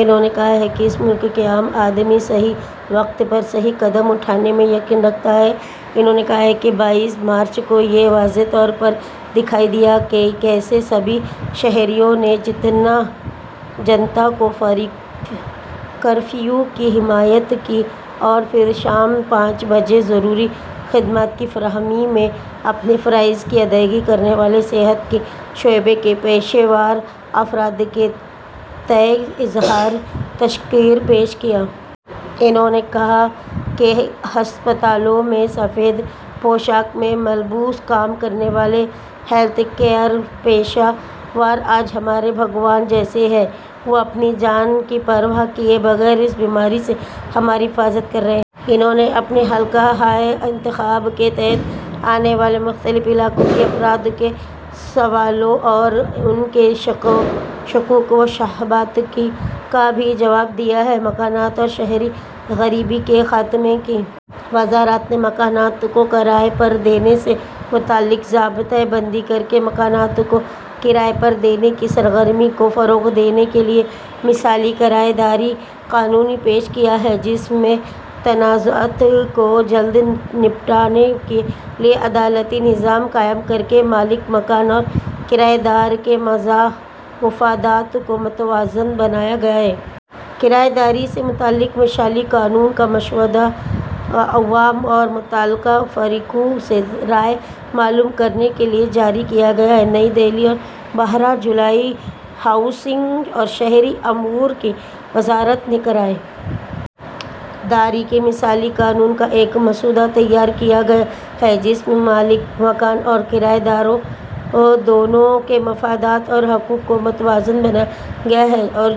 انہوں نے کہا کہ اس ملک کا عام آدمی صحیح وقت پر صحیح قدم اٹھانے میں یقین رکھتا ہے۔ انہوں نے کہا کہ بائیس مارچ کو یہ واضح طور پر دکھائی دیا کہ کیسے سبھی شہریوں نے جنتا کرفیو کی حمایت کی اور پھر شام پانچ بجے ضروری خدمات کی فراہمی میں اپنے فرائض کی ادائیگی کرنے والے صحت کے شعبے کے پیشہ ور افراد کے تئیں اظہار تشکر پیش کیا۔ انہوں نے کہا کہ ہسپتالوں میں سفید پوشاک میں ملبوس کام کرنے والے ہیلتھ کیئر پیشہ ور آج ہمارے بھگوان جیسے ہیں۔ وہ اپنی جان کی پرواہ کیے بغیر اس بیماری سے ہماری حفاظت کر رہے ہیں۔ انہوں نے اپنے حلقہ ہائے انتخاب کے تحت آنے والے مختلف علاقوں کے افراد کے سوالوں اور ان کے شکوک و شبہات کا بھی جواب دیا۔ مکانات اور شہری غریبی کے خاتمے کی وزارت نے مکانات کو کرائے پر دینے سے متعلق ضابطہ بندی کرکے مکانات کو کرائے پر دینے کی سرگرمی کو فروغ دینے کے لیے مثالی کرائے داری قانون پیش کیا ہے، جس میں تنازعات کو جلد نمٹانے کے لیے عدالتی نظام قائم کرکے مالک مکان اور کرائے دار کے مفادات کو متوازن بنایا گیا ہے۔ کرائے داری سے متعلق مثالی قانون کا مسودہ عوام اور متعلقہ فریقوں سے رائے معلوم کرنے کے لیے جاری کیا گیا۔ نئی دہلی، بارہ جولائی۔ ہاؤسنگ اور شہری امور کی وزارت نے کرائے داری کے مثالی قانون کا ایک مسودہ تیار کیا ہے، جس میں مالک مکان اور کرائے دار دونوں کے مفادات اور حقوق کو متوازن بنایا گیا ہے اور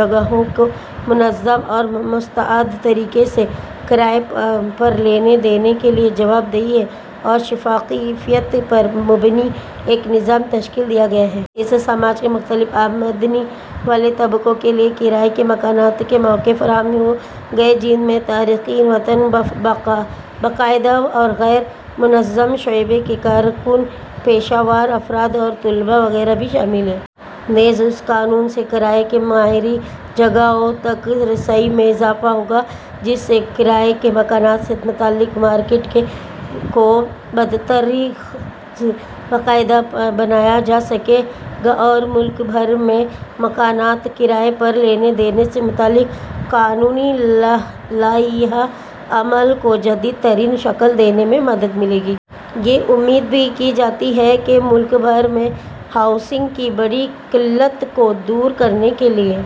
جگہوں کو منظم اور مستعد طریقے سے کرائے پر لینے دینے کے لیے جواب دہی اور شفافیت پر مبنی ایک نظام تشکیل دیا گیا ہے۔ اس سے سماج کے مختلف آمدنی والے طبقوں کے لیے کرائے کے مکانات کے مواقع فراہم ہوں گے، جن میں تارکین وطن، باقاعدہ اور غیر منظم شعبے کے کارکن، پیشہ ور افراد اور طلبا وغیرہ بھی شامل ہیں۔ نیز، اس قانون سے کرائے کی معیاری جگہوں تک رسائی میں اضافہ ہوگا، جس سے کرائے کے مکانات سے متعلق مارکیٹ کو بتدریج باقاعدہ بنایا جا سکے گا اور ملک بھر میں مکانات کرائے پر لینے دینے سے متعلق قانونی لائحہ عمل کو جدید ترین شکل دینے میں مدد ملے گی۔ یہ امید بھی کی جاتی ہے کہ ملک بھر میں ہاؤسنگ کی بڑی قلت کو دور کرنے کے لیے